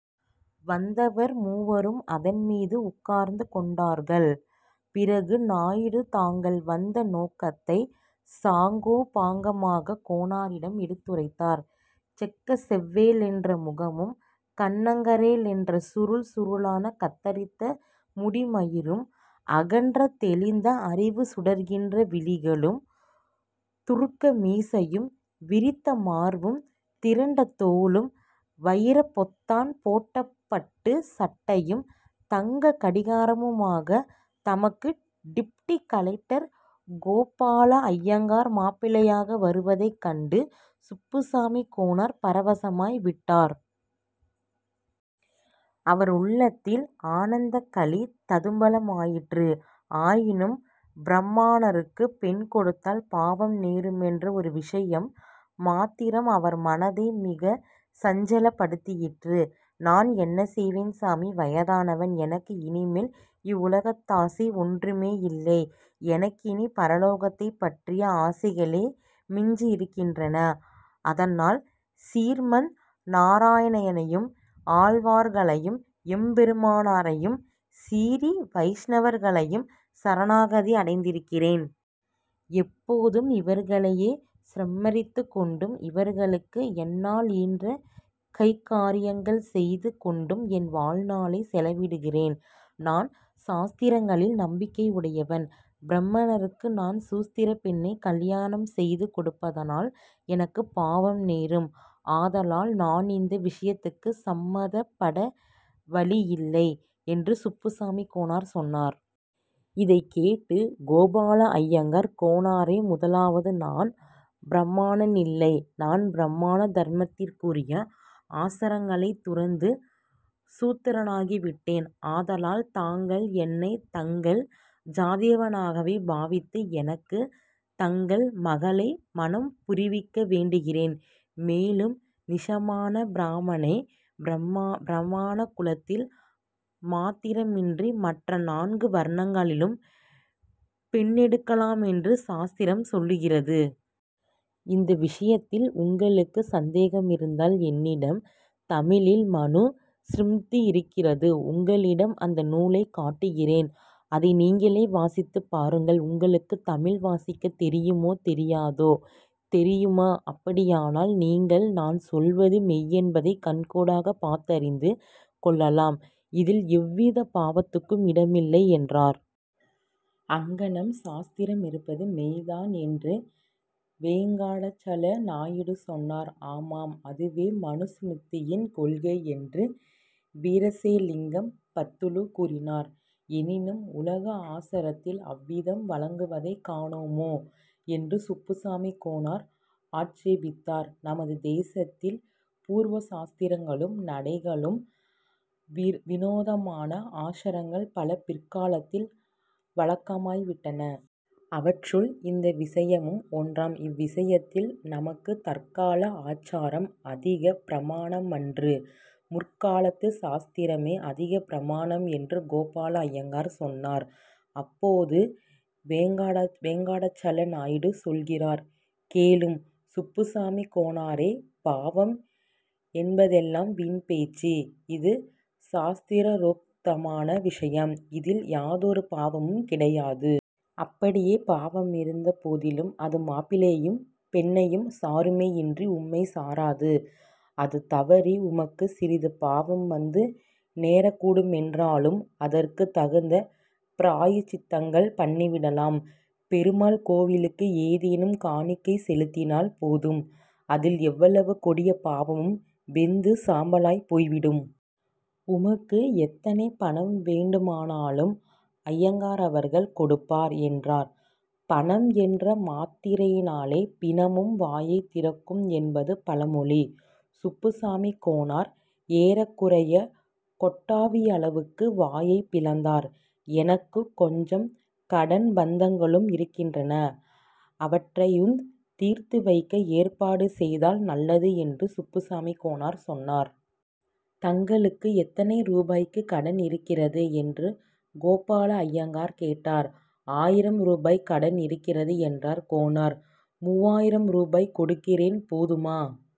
வந்தவர் மூவரும் அதன்மீது உட்கார்ந்து கொண்டார்கள். பிறகு, நாயுடு தாங்கள் வந்த நோக்கத்தை சாங்கோபாங்கமாகக் கோனாரிடம் எடுத்துரைத்தார். செக்கச்செவேலென்ற முகமும் கன்னங்கரேலென்ற சுருள் சுருளான கத்தரித்த முடிமயிரும், அகன்ற தெளிந்த அறிவுசுடர்கின்ற விழிகளும், துருக்கமீசையும், விரித்த மார்பும் திரண்ட தோளும், வயிரப் பொத்தான் போட்ட பட்டுச் சட்டையும், தங்க கடிகாரமுமாகத் தமக்கு டிப்டி கலெக்டர் கோபாலய்யங்கார் மாப்பிள்ளையாக வருவதைக் கண்டு சுப்புசாமிக் கோனார் பரவசமாய் விட்டார். அவருள்ளத்தில் ஆனந்தக்களி ததும்பலாயிற்று. ஆயினும் பிராமணருக்கு பெண் கொடுத்தால் பாவம் நேருமென்ற ஒரு விஷயம் மாத்திரம் அவர்மனதை மிகச் சஞ்சலப்படுத்திற்று. ''நான் என்ன செய்வேன். சாமி? வயதானவன். எனக்கு இனிமேல் இவ்வுலகத்தாசை ஒன்றுமேயில்லை. எனக்கினிப் பரலோக்ததைப் பற்றிய ஆசைகளே மிஞ்சியிருக்கின்றன. அதனால் சிறீமந் நாராயணனையும் ஆழ்வார்களையும் எம்பெருமானாரையும் சிறீ வைஷ்ணவர்களையும் சரணாகதியடைந்திருக்கிறேன். எப்போதும் இவர்களையே ஸ்மரித்துக் கொண்டும் இவர்களுக்கு என்னாலியன்ற கைகார்யங்கள் செய்து கொண்டும் என் வாழ்நாளைச் செலவிடுகிறேன். நான் சாஸ்திரங்களில் நம்பிக்கையுடையவன். பிரம்மணருக்கு நான் சூத்திரப் பெண்ணைக் கலியாணம் செய்து கொடுப்பதனால் எனக்குப் பாவம் நேரும். ஆதலால், நான் இந்த விஷயத்துக்கு சம்மதப்பட வழியில்லை'' என்று சுப்புசாமிக் கோனார் சொன்னார். இதைக் கேட்டு கோபாலய்யங்கார்-''கோனாரே, முதலாவது, நான் பிராமாணனில்லை. நான் பிராமாண தர்மத்துக்குரிய ஆசாரங்களைத் துறந்து சூத்திரனாகிவிட்டேன். ஆதலால் தாங்கள் என்னைத் தங்கள் ஜாதியானாகவே பாவித்து, எனக்குத் தங்கள் மகளை மணம் புரிவிக்க வேண்டுகிறேன். மேலும் நிஷமான பிராமாணனே பிராமாண குலத்தில் மாத்திரமின்றி மற்ற நான்கு வர்ணங்களிலும் பெண்ணெடுக்கலாமென்று சாஸ்திரம் சொல்லுகிறது. இந்த விஷயத்தில் உங்களுக்கு சந்தேகமிருந்தால், என்னிடம் தமிழில் மனு ஸ்ம்ருதி இருக்கிறது; உங்களிடம் அந்த நூலைக் காட்டுகிறேன். அதை நீங்களே வாசித்துப் பாருங்கள். உங்களுக்குத் தமிழ் வாசிக்கத் தெரியுமோ, தெரியாதோ? தெரியுமா? அப்படியானால் நீங்கள் நான் சொல்வது மெய்யென்பதைக் கண்கூடாகப் பார்த்தறிந்து கொள்ளலாம். இதில் எவ்வித பாவத்துக்கும் இடமில்லை'' என்றார். ''அங்ஙனம் சாஸ்திரமிருப்பது மெய்தான்'' என்று வேங்கடாசல நாயுடு சொன்னார். ''ஆமாம்; அதுவே மனு ஸ்ம்ருதியின் கொள்கை'' என்று வீரேசலிங்கம் பந்துலு கூறினார். ''எனினும், உலக ஆசாரத்தில் அவ்விதம் வழங்குவதைக் காணோமே? '' என்று சுப்புசாமிக் கோனார் ஆட்சேபித்தார். ''நமது தேசத்தில் பூர்வ சாஸ்திரங்களுக்கும் நடைகளுக்கும் விரோதமான ஆசாரங்கள் பல பிற்காலத்தில் வழக்கமாய்விட்டன. அவற்றுள் இந்த விஷயமும் ஒன்றாம். இவ்ஷியத்தில் நமக்குத் தற்கால ஆசாரம் அதிகப் பிரமாணமன்று. முற்காலத்து சாஸ்திரமே அதிகப் பிரமாணம்'' என்று கோபாலய்யங்கார் சொன்னார். அப்போது வேங்கடாசல நாயுடு சொல்லுகிறார்:- ''கேளும், சுப்புசாமிக் கோனாரே! பாவம் என்பதெல்லாம் வீண் பேச்சு. இது சாஸ்த்ரோக்தமான விஷயம். இதில் யாதொரு பாவமும் கிடையாது. அப்படியே பாவமிருந்த போதிலும், அது மாப்பிள்ளையையும் பெண்ணையும் சாருமேயன்றி, உம்மைச் சாராது. அது தவறி, உமக்கும் சிறிது பாவம் வந்து நேரக்கூடுமென்றாலும், அதற்குத் தகுந்த பிராயச்சித்தங்கள் பண்ணிவிடலாம். பெருமாள் கோயிலுக்கு ஏதேனும் காணிக்கை செலுத்தினால் போதும். அதில் எவ்வளவு கொடிய பாவமும் வெந்து சாம்பலாய்ப் போய்விடும். உமக்கு எத்தனை பணம் வேண்டுமானாலும், அய்யங்காரவர்கள் கொடுப்பார்'' என்றார். பணம் என்ற மாத்திரத்திலே பிணமும் வாயைத் திறக்கும் என்பது பழமொழி. சுப்புசாமிக் கோனார் ஏறக்குறையக் கொட்டாவியளவுக்கு வாயைப் பிளந்தார். ''எனக்குக் கொஞ்சம் கடன் பந்தங்களும் இருக்கின்றன. அவற்றையுந் தீர்த்துவைக்க ஏற்பாடு செய்தால் நல்லது'' என்று சுப்புசாமிக் கோனார் சொன்னார். ''தங்களுக்கு எத்தனை ரூபாய்க்குக் கடன் இருக்கிறது? '' என்று கோபாலய்யங்கார் கேட்டார். ''ஆயிரம் ரூபாய் கடன் இருக்கிறது'' என்றார் கோனார். ''மூவாயிரம் ரூபாய் கொடுக்கிறேன்; போதுமா?